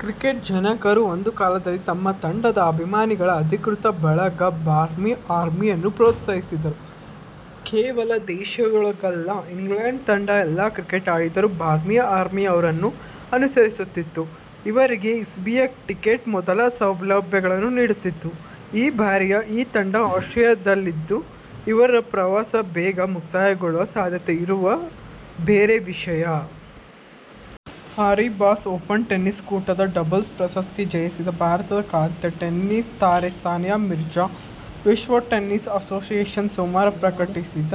Cricket ಜನಕರು ಒಂದು ಕಾಲದಲ್ಲಿ ತಮ್ಮ ತಂಡದ ಅಭಿಮಾನಿಗಳ ಅಧಿಕೃತ ಬಳಗ "ಬಾರ್ಮಿ ಆರ್ಮಿ'ಯನ್ನು ಪೊತ್ಸಾಹಿಸಿದ್ದರು. ಕೇವಲ ದೇಶದೊಳಗಲ್ಲ, ಇಂಗ್ಲೆಂಡ್ ತಂಡ ಎಲ್ಲೇ ಕ್ರಿಕೆಟ್ ಆಡಿದರೂ ಬಾರ್ಮಿ ಆರ್ಮಿ ಅವರನ್ನು ಅನುಸರಿಸುತ್ತಿತ್ತು. ಇವರಿಗೆ ಇಸಿಬಿಯೇ ಟಿಕೆಟ್ ಮೊದಲಾದ ಸೌಲಭ್ಯಗಳನ್ನುನೀಡುತ್ತಿತ್ತು. ಈ ಬಾರಿಯೂ ಈ ತಂಡ ಆಸ್ಟ್ರೇಲಿಯದಲ್ಲಿದ್ದು, ಇವರ ಪ್ರವಾಸ ಬೇಗ ಮುಕ್ತಾಯಗೊಳ್ಳುವ ಸಾಧ್ಯತೆ ಇರುವುದು ಬೇರೆ ವಿಷಯ! ಪಾರಿಬಸ್ ಓಪನ್ ಟೆನಿಸ್ ಕೂಟದ ಡಬಲ್ಸ್ ಪ್ರಶಸ್ತಿ ಜಯಿಸಿದ ಭಾರತದ ಖ್ಯಾತ ಟೆನಿಸ್ ತಾರೆ ಸಾನಿಯಾ ಮಿರ್ಜಾ ವಿಶ್ವ ಟೆನಿಸ್ ಅಸೋಸಿಯೇಶನ್ ಸೋಮವಾರ ಪ್ರಕಟಿಸಿದ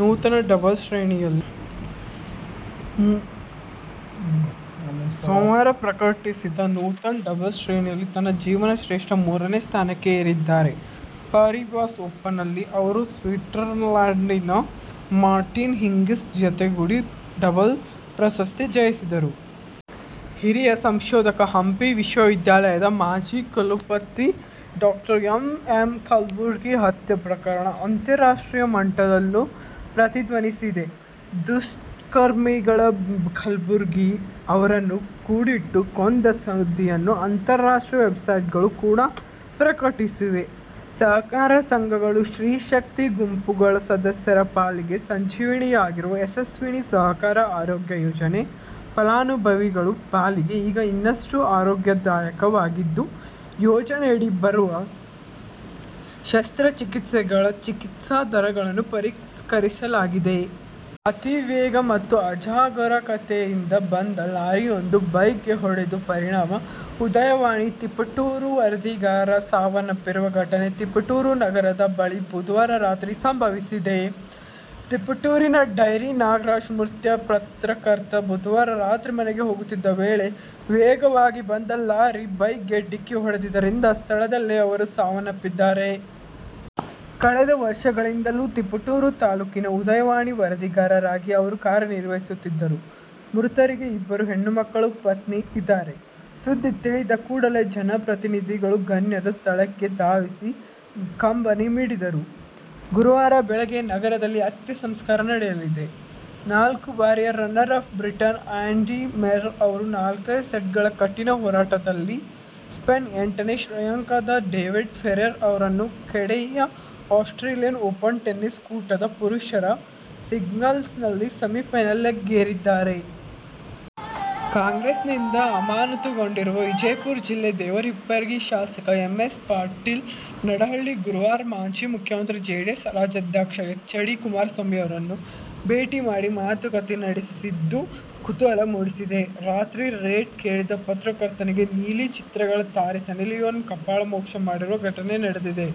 ನೂತನ ಡಬಲ್ಸ್ ಶ್ರೇಣಿಯಲ್ಲಿ ತನ್ನ ಜೀವನಶ್ರೇಷ್ಠ ಮೂರನೇ ಸ್ಥಾನಕ್ಕೆ ಏರಿದ್ದಾರೆ. ಪಾರಿಬಸ್ ಓಪನ್ನಲ್ಲಿ ಅವರು ಸ್ವಿಟ್ಸರ್ಲ್ಯಾಂಡಿನ ಮಾರ್ಟಿನಾ ಹಿಂಗಿಸ್ ಜತೆಗೂಡಿ ಡಬಲ್ಸ್ ಪ್ರಶಸ್ತಿ ಜಯಿಸಿದ್ದರು. ಹಿರಿಯ ಸಂಶೋಧಕ, ಹಂಪಿ ವಿಶ್ವವಿದ್ಯಾಲಯದ ಮಾಜಿ ಕುಲಪತಿ ಡಾ ಎಂ. ಎಂ. ಕಲುಬರ್ಗಿ ಹತ್ಯೆ ಪ್ರಕರಣ ಅಂತಾರಾಷ್ಟ್ರೀಯ ಮಟ್ಟದಲ್ಲೂ ಪ್ರತಿಧ್ವನಿಸಿದೆ. ದುಷ್ಕರ್ಮಿಗಳು ಕಲಬುರ್ಗಿ ಅವರನ್ನು ಗುಂಡಿಟ್ಟು ಕೊಂದ ಸುದ್ದಿಯನ್ನು ಅಂತಾರಾಷ್ಟ್ರೀಯ ವೆಬ್ಸೈಟ್ಗಳು ಕೂಡ ಪ್ರಕಟಿಸಿವೆ. ಸಹಕಾರ ಸಂಘಗಳು, ಸ್ತ್ರೀಶಕ್ತಿ ಗುಂಪುಗಳ ಸದಸ್ಯರ ಪಾಲಿಗೆ 'ಸಂಜೀವಿನಿ'ಯಾಗಿರುವ ಯಶಸ್ವಿನಿ ಸಹಕಾರ ಆರೋಗ್ಯ ಯೋಜನೆ ಫಲಾನುಭವಿಗಳ ಪಾಲಿಗೆ ಈಗ ಇನ್ನಷ್ಟು "ಅರೋಗ್ಯದಾಯಕ'ವಾಗಿದ್ದು, ಯೋಜನೆಯಡಿ ಬರುವ ಶಸ್ತ್ರಚಿಕಿತ್ಸೆಗಳ ಚಿಕಿತ್ಸಾ ದರಗಳನ್ನು ಪರಿಷ್ಕರಿಸಲಾಗಿದೆ. ಅತಿವೇಗ ಮತ್ತು ಅಜಾಗರೂಕತೆಯಿಂದ ಬಂದ ಲಾರಿಯೊಂದು ಬೈಕ್ಗೆ ಹೊಡೆದ ಪರಿಣಾಮ "ಉದಯವಾಣಿ'ಯ ತಿಪಟೂರು ವರದಿಗಾರ ಸಾವನ್ನಪ್ಪಿರುವ ಘಟನೆ ತಿಪಟೂರು ನಗರದ ಬಳಿ ಬುಧವಾರ ರಾತ್ರಿ ಸಂಭವಿಸಿದೆ. ತಿಪಟೂರಿನ ಡೈರಿ ನಾಗರಾಜ್ ಮೃತ ಪತ್ರಕರ್ತ. ಬುಧವಾರ ರಾತ್ರಿ ಮನೆಗೆ ಹೋಗುತ್ತಿದ್ದ ವೇಳೆ ವೇಗವಾಗಿ ಬಂದ ಲಾರಿ ಬೈಕ್ಗೆ ಡಿಕ್ಕಿ ಹೊಡೆದಿದ್ದರಿಂದ ಸ್ಥಳದಲ್ಲೇ ಅವರು ಸಾವನ್ನಪ್ಪಿದ್ದಾರೆ. ಕಳೆದ ವರ್ಷಗಳಿಂದಲೂ ತಿಪಟೂರು ತಾಲೂಕಿನ "ಉದಯವಾಣಿ' ವರದಿಗಾರರಾಗಿ ಅವರು ಕಾರ್ಯ ನಿರ್ವಹಿಸುತ್ತಿದ್ದರು. ಮೃತರಿಗೆ ಇಬ್ಬರು ಹೆಣ್ಣು ಮಕ್ಕಳು, ಪತ್ನಿ ಇದ್ದಾರೆ. ಸುದ್ದಿ ತಿಳಿದ ಕೂಡಲೇ ಜನಪ್ರತಿನಿಧಿಗಳು, ಗಣ್ಯರು ಸ್ಥಳಕ್ಕೆ ಧಾವಿಸಿ ಕಂಬನಿ ಮಿಡಿದರು. ಗುರುವಾರ ಬೆಳಗ್ಗೆ ನಗರದಲ್ಲಿ ಅಂತ್ಯ ಸಂಸ್ಕಾರ ನಡೆಯಲಿದೆ. ನಾಲ್ಕು ಬಾರಿಯ ರನ್ನರ್ ಅಪ್ ಬ್ರಿಟನ್ನ ಆ್ಯಂಡಿ ಮರ್ರೆ ಅವರು ನಾಲ್ಕು ಸೆಟ್ಗಳ ಕಠಿನ ಹೋರಾಟದಲ್ಲಿ ಸ್ಪೇನ್ನ ಎಂಟನೇ ಶ್ರೇಯಾಂಕದ ಡೇವಿಡ್ ಫೆರರ್ ಅವರನ್ನು ಕೆಡಹಿ ಆಸ್ಟ್ರೇಲಿಯನ್ ಓಪನ್ ಟೆನಿಸ್ ಕೂಟದ ಪುರುಷರ ಸಿಂಗಲ್ಸ್ನಲ್ಲಿ ಸೆಮಿಫೈನಲಿಗೇರಿದ್ದಾರೆ. ಕಾಂಗ್ರೆಸ್ನಿಂದ ಅಮಾನತುಗೊಂಡಿರುವ ವಿಜಯಪುರ ಜಿಲ್ಲೆ ದೇವರಹಿಪ್ಪರಗಿ ಶಾಸಕ ಎ. ಎಸ್. ಪಾಟೀಲ್ ನಡಹಳ್ಳಿ ಗುರುವಾರ ಮಾಜಿ ಮುಖ್ಯಮಂತ್ರಿ ಜೆಡಿಎಸ್ ರಾಜ್ಯಾಧ್ಯಕ್ಷ ಎಚ್. ಡಿ. ಕುಮಾರಸ್ವಾಮಿ ಅವರನ್ನು ಭೇಟಿ ಮಾಡಿ ಮಾತುಕತೆ ನಡೆಸಿದ್ದು ಕುತೂಹಲ ಮೂಡಿಸಿದೆ. "ರಾತ್ರಿ ರೇಟ್' ಕೇಳಿದ ಪತ್ರಕರ್ತನಿಗೆ ನೀಲಿಚಿತ್ರಗಳ ತಾರೆ ಸನ್ನಿ ಲಿಯೋನ್ ಕಪಾಳಮೋಕ್ಷ ಮಾಡಿರುವ ಘಟನೆ ನಡೆದಿದೆ.